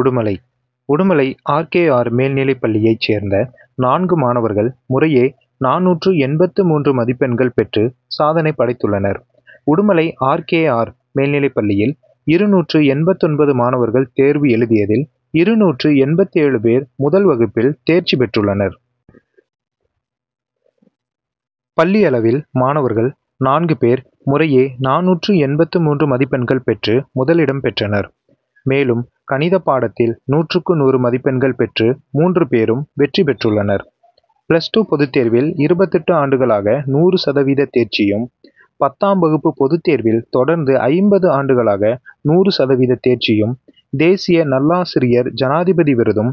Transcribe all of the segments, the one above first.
Udumalai Udumalai R. K. R., மேல்நிலைப்பள்ளியை சேர்ந்த நான்கு மாணவர்கள் முறையே நானூற்று எண்பத்து மூன்று மதிப்பெண்கள் பெற்று சாதனை படைத்துள்ளனர். உடுமலை ஆர். கே. ஆர்., மேல்நிலைப்பள்ளியில், இருநூற்று எண்பத்தொன்பது மாணவர்கள் தேர்வு எழுதியதில் இருநூற்று எண்பத்தேழு பேர் முதல் வகுப்பில் தேர்ச்சி பெற்றுள்ளனர். பள்ளி அளவில், மாணவர்கள் நான்கு பேர் முறையே நானூற்று எண்பத்து மூன்று மதிப்பெண்கள் பெற்று முதலிடம் பெற்றனர். மேலும், கணித பாடத்தில் நூற்றுக்கு நூறு மதிப்பெண்கள் பெற்று மூன்று பேரும் வெற்றி பெற்றுள்ளனர். பிளஸ் டூ பொதுத்தேர்வில், இருபத்தெட்டு ஆண்டுகளாக நூறு சதவீத தேர்ச்சியும், பத்தாம் வகுப்பு பொதுத்தேர்வில், தொடர்ந்து ஐம்பது ஆண்டுகளாக நூறு சதவீத தேர்ச்சியும் தேசிய நல்லாசிரியர் ஜனாதிபதி விருதும்,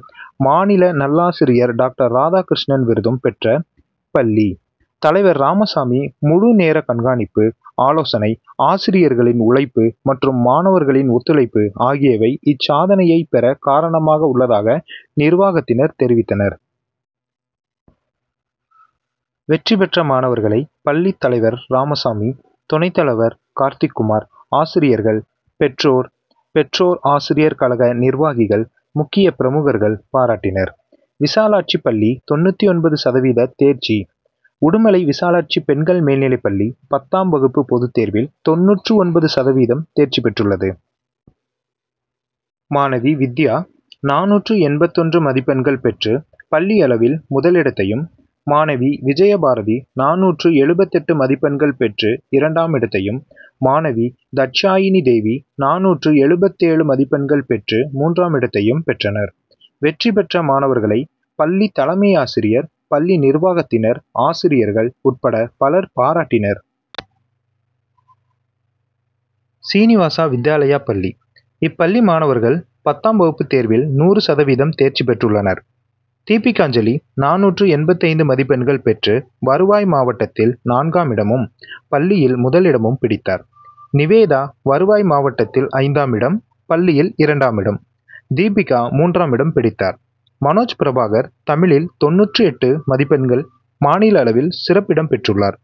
மாநில நல்லாசிரியர் டாக்டர் ராதா கிருஷ்ணன் விருதும் பெற்ற பள்ளி தலைவர் ராமசாமி முழுநேர கண்காணிப்பு, ஆலோசனை, ஆசிரியர்களின் உழைப்பு மற்றும் மாணவர்களின் ஒத்துழைப்பு ஆகியவை இச்சாதனையை பெற காரணமாக உள்ளதாக நிர்வாகத்தினர் தெரிவித்தனர். வெற்றி பெற்ற மாணவர்களை பள்ளி தலைவர் ராமசாமி, துணைத்தலைவர் கார்த்திக்குமார், ஆசிரியர்கள், பெற்றோர், பெற்றோர் ஆசிரியர் கழக நிர்வாகிகள், முக்கிய பிரமுகர்கள் பாராட்டினர். விசாலாட்சி பள்ளி தொண்ணூற்று ஒன்பது சதவீத தேர்ச்சி உடுமலை விசாலாட்சி பெண்கள் மேல்நிலைப்பள்ளி பத்தாம் வகுப்பு பொதுத்தேர்வில், தொண்ணூற்று ஒன்பது சதவீதம் தேர்ச்சிபெற்றுள்ளது. மாணவி வித்யா நானூற்று எண்பத்தொன்று மதிப்பெண்கள் பெற்று பள்ளி அளவில் முதலிடத்தையும், மாணவி விஜயபாரதி நானூற்று எழுபத்தெட்டு மதிப்பெண்கள் பெற்று இரண்டாமிடத்தையும், மாணவி தட்சாயிணி தேவி நானூற்று எழுபத்தேழு மதிப்பெண்கள் பெற்று மூன்றாமிடத்தையும் பெற்றனர். வெற்றி பெற்ற மாணவர்களை பள்ளி தலைமையாசிரியர், பள்ளி நிர்வாகத் தினர், ஆசிரியர்கள் உட்பட பலர் பாராட்டினர். சீனிவாசா வித்யாலயா பள்ளிஇப்பள்ளி மாணவர்கள் பத்தாம் வகுப்பு தேர்வில் நூறு சதவீதம் தேர்ச்சி பெற்றுள்ளனர். தீபிகாஞ்சலி நானூற்று எண்பத்தைந்து மதிப்பெண்கள் பெற்று வருவாய் மாவட்டத்தில் நான்காமிடமும், பள்ளியில் முதலிடமும் பிடித்தார். நிவேதா வருவாய் மாவட்டத்தில் ஐந்தாம் இடம், பள்ளியில் இரண்டாமிடம், தீபிகா மூன்றாமிடம் பிடித்தார். மனோஜ் பிரபாகர் தமிழிலில் தொண்ணூற்று எட்டு மதிப்பெண்கள் மாநில அளவில் சிறப்பிடம் பெற்றுள்ளார்.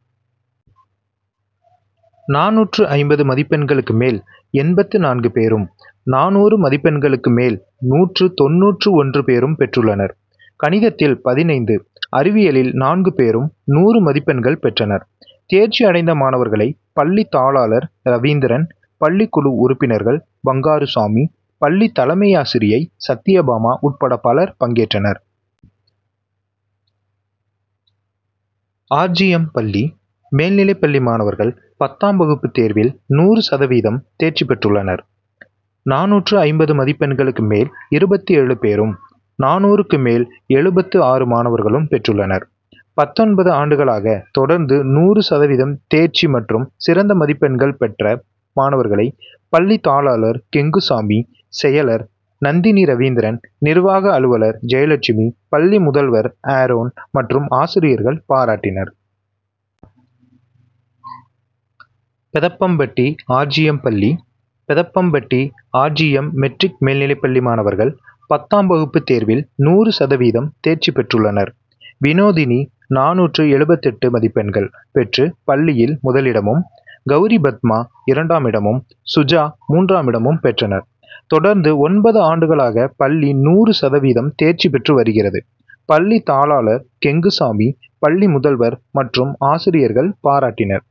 நானூற்று ஐம்பது மதிப்பெண்களுக்கு மேல் எண்பத்து நான்கு பேரும், நானூறு மதிப்பெண்களுக்கு மேல் நூற்று தொண்ணூற்று ஒன்று பேரும் பெற்றுள்ளனர். கணிதத்தில் பதினைந்து, அறிவியலில் நான்கு பேரும் நூறு மதிப்பெண்கள் பெற்றனர். தேர்ச்சி அடைந்த மாணவர்களை பள்ளி தாளாளர் ரவீந்திரன், பள்ளிக்குழு உறுப்பினர்கள் பங்காருசாமி, பள்ளி தலைமையாசிரியை சத்யபாமா உட்பட பலர் பங்கேற்றனர். ஆர். ஜி. எம்., பள்ளி மேல்நிலைப்பள்ளி மாணவர்கள் பத்தாம் வகுப்பு தேர்வில் நூறு சதவீதம் தேர்ச்சி பெற்றுள்ளனர். நானூற்று ஐம்பது மதிப்பெண்களுக்கு மேல் இருபத்தேழு பேரும், நானூறுக்கு மேல் எழுபத்து ஆறு மாணவர்களும் பெற்றுள்ளனர். பத்தொன்பது ஆண்டுகளாக தொடர்ந்து நூறு சதவீதம் தேர்ச்சி மற்றும் சிறந்த மதிப்பெண்கள் பெற்ற மாணவர்களை பள்ளி தாளாளர் கெங்குசாமி, செயலர் நந்தினிரவீந்திரன், நிர்வாக அலுவலர் ஜெயலட்சுமி, பள்ளி முதல்வர் ஆரோன் மற்றும் ஆசிரியர்கள் பாராட்டினர். பெதப்பம்பட்டி ஆர். ஜி. எம்., பள்ளி Pethappampatti R. G. M., matric., மேல்நிலைப்பள்ளி மாணவர்கள் பத்தாம் வகுப்பு தேர்வில் நூறு சதவீதம் தேர்ச்சி பெற்றுள்ளனர். வினோதினி நானூற்று எழுபத்தெட்டு மதிப்பெண்கள் பெற்று பள்ளியில் முதலிடமும், கவுரிபத்மா, இரண்டாமிடமும், சுஜா மூன்றாமிடமும் பெற்றனர். தொடர்ந்து ஒன்பது ஆண்டுகளாக பள்ளி நூறு சதவீதம் தேர்ச்சி பெற்று வருகிறது. பள்ளி தாளாளர் கெங்குசாமி, பள்ளி முதல்வர் மற்றும் ஆசிரியர்கள் பாராட்டினர்.